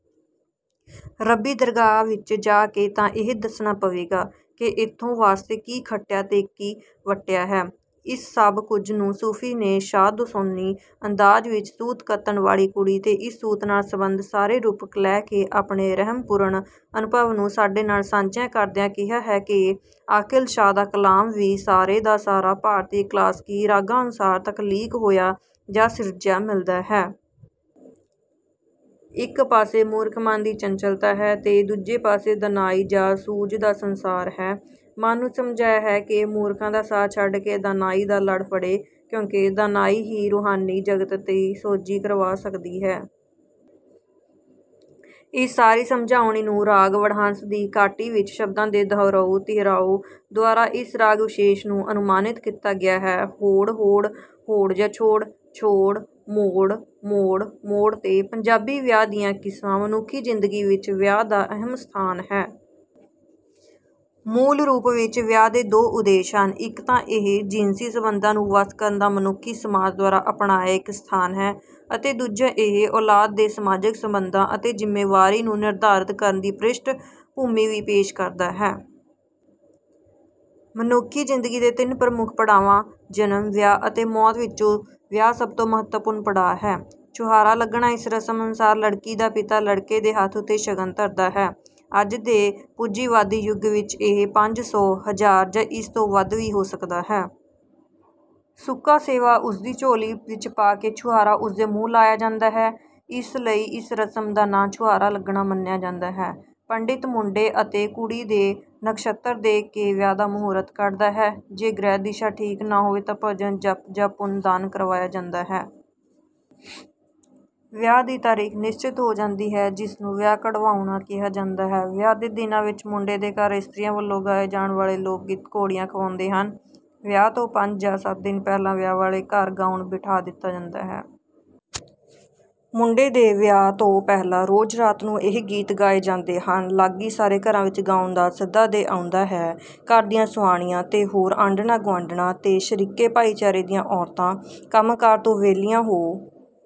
ਰੱਬੀ ਦਰਗਾਹ ਵਿਚ ਜਾ ਕੇ ਤਾਂ ਇਹ ਦਸੱਣਾ ਪਵੇਗਾ। ਕਿ ਏਥੋਂ ਵਾਸਤੇ ਕੀ ਖੱਟਿਆ ਤੇਕੀ ਵੱਟਿਆ ਹੈ। ਇਸ ਸਭ ਕੁਝ ਨੂੰ ਸੂਫ਼ੀ ਨੇ ਸ਼ਾਹ ਦੋਸੋਨੀ ਅੰਦਾਜ਼ ਵਿਚ ਸੂਤ ਕੱਤਣ ਵਾਲੀ ਕੁੜੀ ਤੇ ਇਸ ਸੂਤ ਨਾਲ ਸੰੰਬੰਧ ਸਾਰੇ ਰੂਪਕ ਲੈ ਕੇ ਆਪਣੇ ਰਹਮ-ਪੁਰਣ ਅਨੁਭਵ ਨੂੰ ਸਾਡੇ ਨਾਲ ਸਾਂਝਿਆਂ ਕਰਦਿਆਂ ਕਿਹਾ ਹੈ ਕਿ: ਆਕਿਲ ਸ਼ਾਹ ਦਾ ਕਲਾਮ ਵੀ ਸਾਰੇ ਦਾ ਸਾਰਾ ਭਾਰਤੀ ਕਲਾਸਕੀ ਰਾਗਾਂ ਅਨੁਸਾਰ ਤਖਲੀਕ ਹੋਇਆ ਜਾਂ ਸਿਰਜਿਆ ਮਿਲਦਾ ਹੈ। ਇਕ ਪਾਸੇ ਮੂਰਖ ਮਨ ਦੀ ਚੰਚਲਤਾ ਹੈ ਤੇ ਦੂਜੇ ਪਾਸੇ ਦਾਨਾਈ ਜਾਂ ਸੂਝ ਦਾ ਸੰਸਾਰ ਹੈ, ਮਨ ਨੂੰ ਸਮਝਾਇਆ ਹੈ ਕਿ ਮੂਰਖਾਂ ਦਾ ਸਾਥ ਛੱਡ ਕੇ ਦਾਨਾਈ ਦਾ ਲੜ ਫੜੇ ਕਿਉਂਕਿ ਦਾਨਾਈ ਹੀ ਰੂਹਾਨੀ-ਜਗਤ ਦੀ ਸੌਝੀ ਕਰਵਾ ਸਕਦੀ ਹੈ। ਇਸ ਸਾਰੀ ਸਮਝਾਉਣੀ ਨੂੰ ਰਾਗ ਵਡਹੰਸ ਦੀ ਕਾਟੀ ਵਿਚ ਸ਼ਬਦਾਂ ਦੇ ਦੁਹਰਾਉ, ਤੀਹਰਾਓ ਦੁਆਰਾ ਇਸ ਰਾਗ-ਵਿਸ਼ੇਸ ਨੂੰ ਅਨੁਮਾਨਿਤ ਕੀਤਾ ਗਿਆ ਹੈ। ਹੋੜ, ਹੋੜ, ਹੋੜ ਜਾ ਛੋੜ, ਛੋੜ, 'ਮੋੜ, ਮੋੜ, ਮੋੜ ਤੇ। ਪੰਜਾਬੀ ਵਿਆਹ ਦੀਆਂ ਕਿਸਮਾਂ ਮਨੁੱਖੀ ਜ਼ਿੰਦਗੀ ਵਿੱਚ ਵਿਆਹ ਦਾ ਅਹਿਮ ਸਥਾਨ ਹੈ। ਮੂਲ ਰੂਪ ਵਿਚ ਵਿਆਹ ਦੇ ਦੋ ਉਦੇਸ਼ ਹਨ ਇਕ ਤਾਂ ਇਹ ਜਿਨਸੀ ਸੰਬੰਧਾਂ ਨੂੰ ਵੱਸ ਕਰਨ ਦਾ ਮਨੁੱਖੀ ਸਮਾਜ ਦੁਆਰਾ ਅਪਣਾਇਆ ਇਕ ਸਥਾਨ ਹੈ ਅਤੇ ਦੂਜਾ ਇਹ ਔਲਾਦ ਦੇ ਸਮਾਜਕ ਸੰਬੰਧਾਂ ਅਤੇ ਜਿੰਮੇਵਾਰੀ ਨੂੰ ਨਿਰਧਾਰਤ ਕਰਨ ਦੀ ਪ੍ਰਿਸ਼ਠ ਭੂਮੀ ਵੀ ਪੇਸ਼ ਕਰਦਾ ਹੈ। ਮਨੁੱਖੀ ਜ਼ਿੰਦਗੀ ਦੇ ਤਿੰਨ ਪ੍ਰਮੁੱਖ ਪੜਾਵਾਂ ਜਨਮ, ਵਿਆਹ ਅਤੇ ਮੌਤ ਵਿੱਚੋਂ ਵਿਆਹ ਸਭ ਤੋਂ ਮਹੱਤਵਪੂਰਨ ਪੜਾਅ ਹੈ। ਛੁਹਾਰਾ ਲੱਗਣਾ ਇਸ ਰਸਮ ਅਨੁਸਾਰ ਲੜਕੀ ਦਾ ਪਿਤਾ ਲੜਕੇ ਦੇ ਹੱਥ ਉੱਤੇ ਸ਼ਗਨ ਧਰਦਾ ਹੈ। ਅੱਜ ਦੇ ਪੂੰਜੀਵਾਦੀ ਯੁੱਗ ਵਿੱਚ ਇਹ ਪੰਜ ਸੌ, ਹਜ਼ਾਰ ਜਾਂ ਇਸ ਤੋਂ ਵੱਧ ਵੀ ਹੋ ਸਕਦਾ ਹੈ। ਸੁੱਕਾ ਸੇਵਾ ਉਸਦੀ ਝੋਲੀ ਵਿਚ ਪਾ ਕੇ ਛੁਹਾਰਾ ਉਸਦੇ ਮੂੰਹ ਲਾਇਆ ਜਾਂਦਾ ਹੈ। ਇਸ ਲਈ ਇਸ ਰਸਮ ਦਾ ਨਾਂ ਛੁਹਾਰਾ ਲੱਗਣਾ ਮੰਨਿਆ ਜਾਂਦਾ ਹੈ। ਪੰਡਿਤ ਮੁੰਡੇ ਅਤੇ ਕੁੜੀ ਦੇ ਨਖ਼ਸ਼ੱਤਰ ਦੇਖ ਕੇ ਵਿਆਹ ਦਾ ਮਹੂਰਤ ਕੱਢਦਾ ਹੈ ਜੇ ਗ੍ਰਹਿ ਦਿਸ਼ਾ ਠੀਕ ਨਾ ਹੋਵੇ ਤਾਂ ਭਜਨ, ਜਪ ਜਾਂ ਪੁੰਨ ਦਾਨ ਕਰਵਾਇਆ ਜਾਂਦਾ ਹੈ। ਵਿਆਹ ਦੀ ਤਾਰੀਖ਼ ਨਿਸ਼ਚਿਤ ਹੋ ਜਾਂਦੀ ਹੈ, ਜਿਸਨੂੰ ਵਿਆਹ ਕਢਵਾਉਣਾ ਕਿਹਾ ਜਾਂਦਾ ਹੈ। ਵਿਆਹ ਦੇ ਦਿਨਾਂ ਵਿੱਚ ਮੁੰਡੇ ਦੇ ਘਰ ਇਸਤਰੀਆਂ ਵੱਲੋਂ ਗਾਏ ਜਾਣ ਵਾਲੇ ਲੋਕ-ਗੀਤ ਘੋੜੀਆਂ ਅਖਵਾਉਂਦੇ ਹਨ। ਵਿਆਹ ਤੋਂ ਪੰਜ ਜਾਂ ਸੱਤ ਦਿਨ ਪਹਿਲਾਂ ਵਿਆਹ ਵਾਲੇ ਘਰ ਗਾਉਣ ਬਿਠਾ ਦਿੱਤਾ ਜਾਂਦਾ ਹੈ। ਮੁੰਡੇ ਦੇ ਵਿਆਹ ਤੋਂ ਪਹਿਲਾਂ ਰੋਜ਼ ਰਾਤ ਨੂੰ ਇਹ ਗੀਤ ਗਾਏ ਜਾਂਦੇ ਹਨ। ਲਾਗੀ ਸਾਰੇ ਘਰਾਂ ਵਿੱਚ ਗਾਉਣ ਦਾ ਸੱਦਾ ਦੇ ਆਉਂਦਾ ਹੈ। ਘਰ ਦੀਆਂ ਸੁਆਣੀਆਂ ਤੇ ਹੋਰ ਆਂਢਣਾਂ-ਗੁਆਢਣਾਂ ਤੇ ਸ਼ਰੀਕੇ ਭਾਈਚਾਰੇ ਦੀਆਂ ਔਰਤਾਂ ਕੰਮ ਕਾਰ ਤੋਂ ਵਿਹਲੀਆਂ ਹੋ